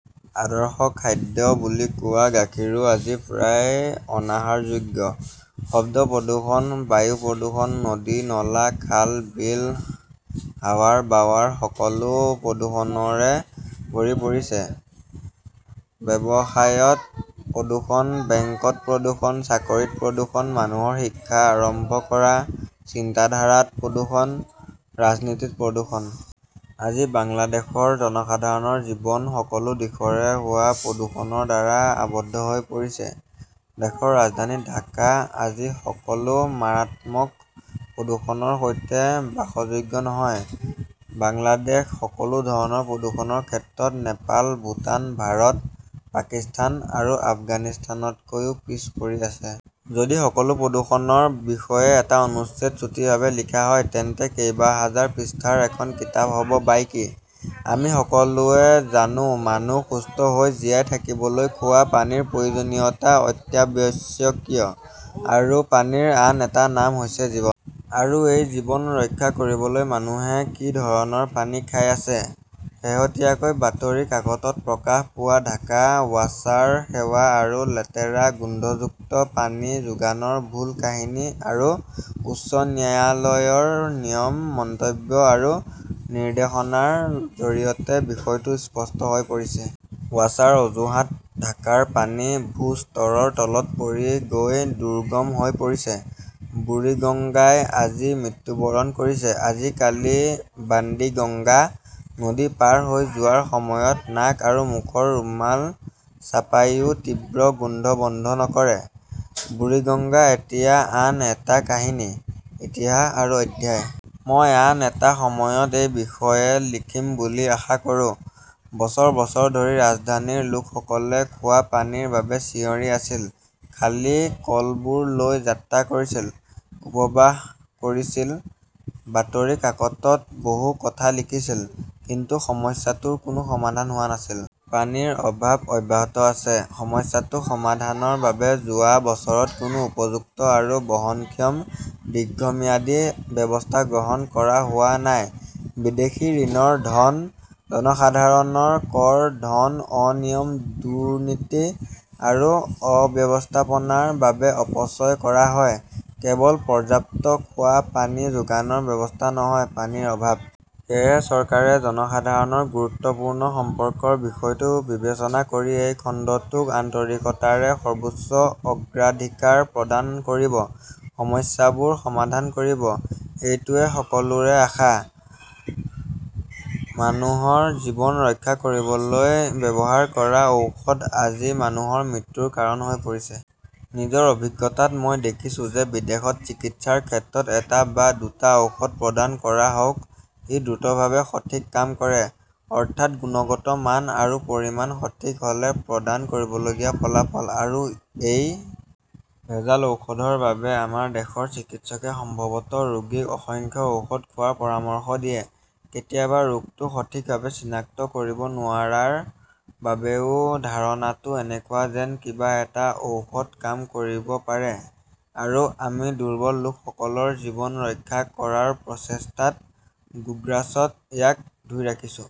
আদৰ্শ খাদ্য বুলি কোৱা গাখীৰো আজি প্ৰায় অনাহাৰযোগ্য। শব্দ প্ৰদূষণ, বায়ু প্ৰদূষণ, নদী-নলা, খাল-বিল, হাৱাৰ বাৱাৰ সকলো প্ৰদূষণৰে ভৰি পৰিছে। ব্যৱসায়ত প্ৰদূষণ, বেংকত প্ৰদূষণ, চাকৰিত প্ৰদূষণ, মানুহৰ শিক্ষা আৰম্ভ কৰা, চিন্তাধাৰাত প্ৰদূষণ, ৰাজনীতিত প্ৰদূষণ। আজি বাংলাদেশৰ জনসাধাৰণৰ জীৱন সকলো দিশৰে হোৱা প্ৰদূষণৰ দ্বাৰা আৱদ্ধ হৈ পৰিছে। দেশৰ ৰাজধানী ঢাকা আজি সকলো মাৰাত্মক প্ৰদূষণৰ সৈতে বাসযোগ্য নহয়। বাংলাদেশ সকলো ধৰণৰ প্ৰদূষণৰ ক্ষেত্ৰত নেপাল, ভূটান, ভাৰত, পাকিস্তান আৰু আফগানিস্তানতকৈও পিছ পৰি আছে। যদি সকলো প্ৰদূষণৰ বিষয়ে এটা অনুচ্ছেদ চুটিভাৱে লিখা হয়, তেন্তে কেইবাহাজাৰ পৃষ্ঠাৰ এখন কিতাপ হ 'ব বাইকি। আমি সকলোৱে জানো, মানুহ সুস্থ হৈ জীয়াই থাকিবলৈ খোৱা পানীৰ প্ৰয়োজনীয়তা অত্যাৱশ্যকীয় আৰু পানীৰ আন এটা নাম হৈছে জীৱন। আৰু এই জীৱন ৰক্ষা কৰিবলৈ মানুহে কি ধৰণৰ পানী খাই আছে? শেহতীয়াকৈ বাতৰি কাকতত প্ৰকাশ পোৱা ঢাকা ৱাছাৰ সেৱা আৰু লেতেৰা-গোন্ধযুক্ত পানী যোগানৰ ভুল কাহিনী আৰু উচ্চ ন্যায়ালয়ৰ নিয়ম, মন্তব্য আৰু নিৰ্দেশনাৰ জৰিয়তে বিষয়টো স্পষ্ট হৈ পৰিছে। ৱাছাৰ অজুহাত, ঢাকাৰ পানী ভূ-স্তৰৰ তলত পৰি গৈ দুৰ্গম হৈ পৰিছে, বুৰিগংগাই আজি মৃত্যুবৰণ কৰিছে। আজিকালি বাণ্ডিগঙ্গা নদী পাৰ হৈ যোৱাৰ সময়ত নাক আৰু মুখৰ ৰুমাল চাপাইও তীব্ৰ গোন্ধ বন্ধ নকৰে। বুৰিগঙ্গা এতিয়া আন এটা কাহিনী, ইতিহাস আৰু অধ্যায়। মই আন এটা সময়ত এই বিষয়ে লিখিম বুলি আশা কৰোঁ। বছৰ বছৰ ধৰি ৰাজধানীৰ লোকসকলে খোৱা পানীৰ বাবে চিঞৰি আছিল, খালী কলবোৰ লৈ যাত্ৰা কৰিছিল, উপবাস কৰিছিল, বাতৰি কাকতত বহু কথা লিখিছিল, কিন্তু সমস্যাটোৰ কোনো সমাধান হোৱা নাছিল। পানীৰ অভাৱ অব্যাহত আছে। সমস্যাটো সমাধানৰ বাবে যোৱা বছৰত কোনো উপযুক্ত আৰু বহনক্ষম দীৰ্ঘম্যাদী ব্যৱস্থা গ্ৰহণ কৰা হোৱা নাই। বিদেশী ঋণৰ ধন, জনসাধাৰণৰ কৰ ধন অনিয়ম-দুৰ্নীতি আৰু অব্যৱস্থাপনাৰ বাবে অপচয় কৰা হয়; কেৱল পৰ্যাপ্ত খোৱা পানী যোগানৰ ব্যৱস্থা নহয়, পানীৰ অভাৱ। সেয়েহে, চৰকাৰে জনসাধাৰণৰ গুৰুত্বপূৰ্ণ সম্পৰ্কৰ বিষয়টো বিবেচনা কৰি এই খণ্ডটোক আন্তৰিকতাৰে সৰ্বোচ্চ অগ্ৰাধিকাৰ প্ৰদান কৰিব, সমস্যাবোৰ সমাধান কৰিব, এইটোৱেই সকলোৰে আশা। মানুহৰ জীৱন ৰক্ষা কৰিবলৈ ব্যৱহাৰ কৰা ঔষধ আজি মানুহৰ মৃত্যুৰ কাৰণ হৈ পৰিছে। নিজৰ অভিজ্ঞতাত মই দেখিছোঁ যে বিদেশত চিকিৎসাৰ ক্ষেত্ৰত এটা বা দুটা ঔষধ প্ৰদান কৰা হওঁক, ই দ্ৰুতভাৱে সঠিক কাম কৰে, অৰ্থাৎ গুণগত মান আৰু পৰিমাণ সঠিক হ 'লে প্ৰদান কৰিবলগীয়া ফলাফল। আৰু এই ভেজাল ঔষধৰ বাবে আমাৰ দেশৰ চিকিৎসকে সম্ভৱত ৰোগীক অসংখ্য ঔষধ খোৱাৰ পৰামৰ্শ দিয়ে, কেতিয়াবা ৰোগটো সঠিকভাৱে চিনাক্ত কৰিব নোৱাৰাৰ বাবেও ধাৰণাটো এনেকুৱা যেন কিবা এটা ঔষধ কাম কৰিব পাৰে আৰু আমি দুৰ্বল লোকসকলৰ জীৱন ৰক্ষা কৰাৰ প্ৰচেষ্টাত গোগ্ৰাছত ইয়াক ধুই ৰাখিছোঁ।